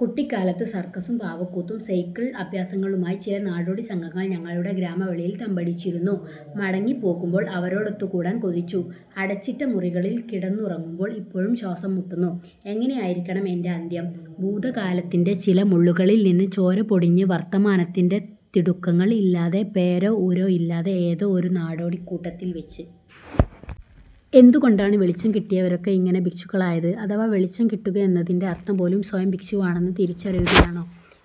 കുട്ടിക്കാലത്ത് സർക്കസും പാവക്കൂത്തും സൈക്കിൾ അഭ്യാസങ്ങളുമായി ചില നാടോടിസംഘങ്ങൾ ഞങ്ങളുടെ ഗ്രാമവെളിയിൽ തമ്പടിച്ചിരുന്നു. മടങ്ങിപ്പോകുമ്പോൾ അവരോടൊത്തുകൂടാൻ കൊതിച്ചു. അടച്ചിട്ടമുറികളിൽ കിടന്നുറങ്ങുമ്പോൾ ഇപ്പോഴും ശ്വാസംമുട്ടുന്നു. എങ്ങനെയായിരിക്കണം എന്റെ അന്ത്യം. ഭൂതകാലത്തിന്റെ ചില മുള്ളുകളിൽനിന്ന് ചോരപൊടിഞ്ഞ് വർത്തമാനത്തിന്റെ തിടുക്കങ്ങൾ ഇല്ലാതെ പേരോ ഊരോ ഇല്ലാത്ത ഏതോ ഒരു നാടോടിക്കൂട്ടത്തിൽവെച്ച്. എന്തുകൊണ്ടാണ് വെളിച്ചം കിട്ടിയവരൊക്കെ ഇങ്ങനെ ഭിക്ഷുക്കളായത്. അഥവാ വെളിച്ചം കിട്ടുകയെന്നതിന്റെ അർഥം പോലും സ്വയംഭിക്ഷുവാണെന്ന് തിരിച്ചറിയുകയാണോ.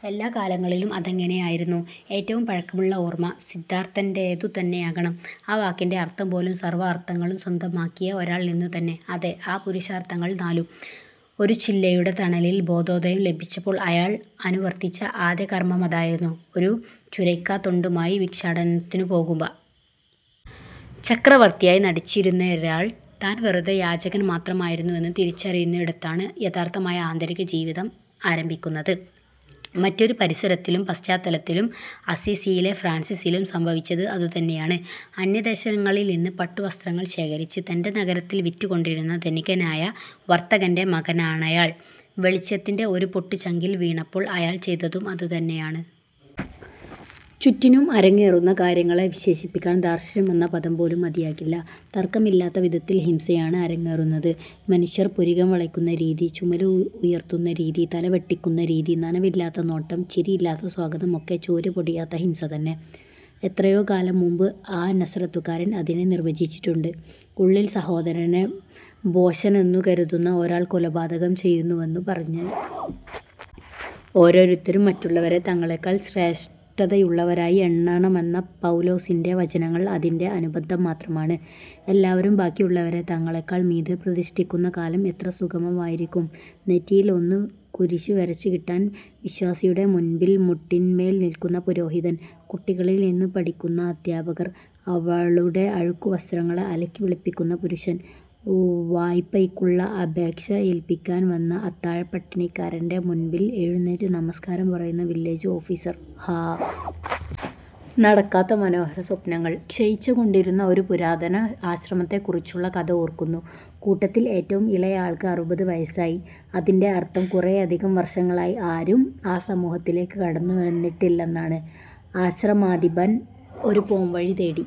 എല്ലാകാലങ്ങളിലും അതങ്ങനെയായിരുന്നു. ഏറ്റവും പഴക്കമുള്ള ഓർമ, സിദ്ധാർഥന്റേതു തന്നെയാകണം. ആ വാക്കിന്റെ അർഥംപോലും സർവ അർഥങ്ങളും സ്വന്തമാക്കിയ ഒരാൾ എന്നുതന്നെ. അതെ, ആ പുരുഷാർഥങ്ങൾ നാലും. ഒരു ചില്ലയുടെ തണലിൽ ബോധോദയം ലഭിച്ചപ്പോൾ അയാൾ അനുവർത്തിച്ച ആദ്യകർമമതായിരുന്നു, ഒരു ചുരയ്ക്കാത്തൊണ്ടുമായി ഭിക്ഷാടനത്തിനു പോകുക. ചക്രവർത്തിയായി നടിച്ചിരുന്നയൊരാൾ താൻ വെറുതെ യാചകൻ മാത്രമായിരുന്നുവെന്ന് തിരിച്ചറിയുന്നിടത്താണ് യഥാർഥമായ ആന്തരികജീവിതം ആരംഭിക്കുന്നത്. മറ്റൊരു പരിസരത്തിലും പശ്ചാത്തലത്തിലും അസ്സീസിയിലെ ഫ്രാൻസിസിലും സംഭവിച്ചത് അതുതന്നെയാണ്. അന്യദേശങ്ങളിൽനിന്ന് പട്ടുവസ്ത്രങ്ങൾ ശേഖരിച്ച് തന്റെ നഗരത്തിൽ വിറ്റുകൊണ്ടിരുന്ന ധനികനായ വർത്തകന്റെ മകനാണയാൾ. വെളിച്ചത്തിന്റെ ഒരു പൊട്ട് ചങ്കിൽ വീണപ്പോൾ അയാൾ ചെയ്തതും അതുതന്നെയാണ്. ചുറ്റിനും അരങ്ങേറുന്ന കാര്യങ്ങളെ വിശേഷിപ്പിക്കാൻ ധാർഷ്ട്യമെന്ന പദം പോലും മതിയാകില്ല. തർക്കമില്ലാത്ത വിധത്തിൽ ഹിംസയാണ് അരങ്ങേറുന്നത്. മനുഷ്യർ പുരികംവളയ്ക്കുന്ന രീതി, ചുമല് ഉയർത്തുന്ന രീതി, തല വെട്ടിക്കുന്ന രീതി, നനവില്ലാത്ത നോട്ടം, ചിരിയില്ലാത്ത സ്വാഗതം ഒക്കെ ചോരപൊടിയാത്ത ഹിംസതന്നെ. എത്രയോ കാലംമുൻപ് ആ നസ്രത്തുകാരൻ അതിനെ നിർവചിച്ചിട്ടുണ്ട്:ഉള്ളിൽ സഹോദരനെ ഭോഷനെന്നുകരുതുന്ന ഒരാൾ കൊലപാതകം ചെയ്യുന്നുവെന്ന് പറഞ്ഞ്. ഓരോരുത്തരും മറ്റുള്ളവരെ തങ്ങളെക്കാൾ ശ്രേഷ്ഠതയുള്ളവരായി എണ്ണണമെന്ന പൗലോസിന്റെ വചനങ്ങൾ അതിന്റെ അനുബന്ധം മാത്രമാണ്. എല്ലാവരും ബാക്കിയുള്ളവരെ തങ്ങളെക്കാൾ മീതെ പ്രതിഷ്ഠിക്കുന്നകാലം എത്ര സുഭഗമായിരിക്കും. നെറ്റിയിൽ ഒന്ന് കുരിശു വരച്ചുകിട്ടാൻ വിശ്വാസിയുടെമുൻപിൽ മുട്ടിൻമേൽനില്ക്കുന്ന പുരോഹിതൻ, കുട്ടികളിൽനിന്നു പഠിക്കുന്ന അധ്യാപകർ, അവളുടെ അഴുക്കുവസ്ത്രങ്ങളെ അലക്കിവെളുപ്പിക്കുന്ന പുരുഷൻ, വായ്പയ്ക്കുള്ള അപേക്ഷ ഏല്പിക്കാൻ വന്ന അത്താഴപ്പട്ടിണിക്കാരന്റെ മുൻപിൽ എഴുന്നേറ്റ് നമസ്കാരം പറയുന്ന വില്ലേജ് ഓഫീസർ ഹാ. നടക്കാത്ത മനോഹരസ്വപ്നങ്ങൾ. ക്ഷയിച്ചു കൊണ്ടിരുന്ന ഒരു പുരാതന ആശ്രമത്തെക്കുറിച്ചുള്ള കഥ ഓർക്കു ന്നു. കൂട്ടത്തിൽ ഏറ്റവും ഇളയ ആൾക്ക് അറുപതുവയസ്സായി. അതിന്റെ അർഥം കുറേയധികം വർഷങ്ങളായി ആരും ആ സമൂഹത്തിലേക്ക് കടന്നുവന്നിട്ടില്ലെന്നാണ്. ആശ്രമാധിപൻ ഒരു പോംവഴി തേടി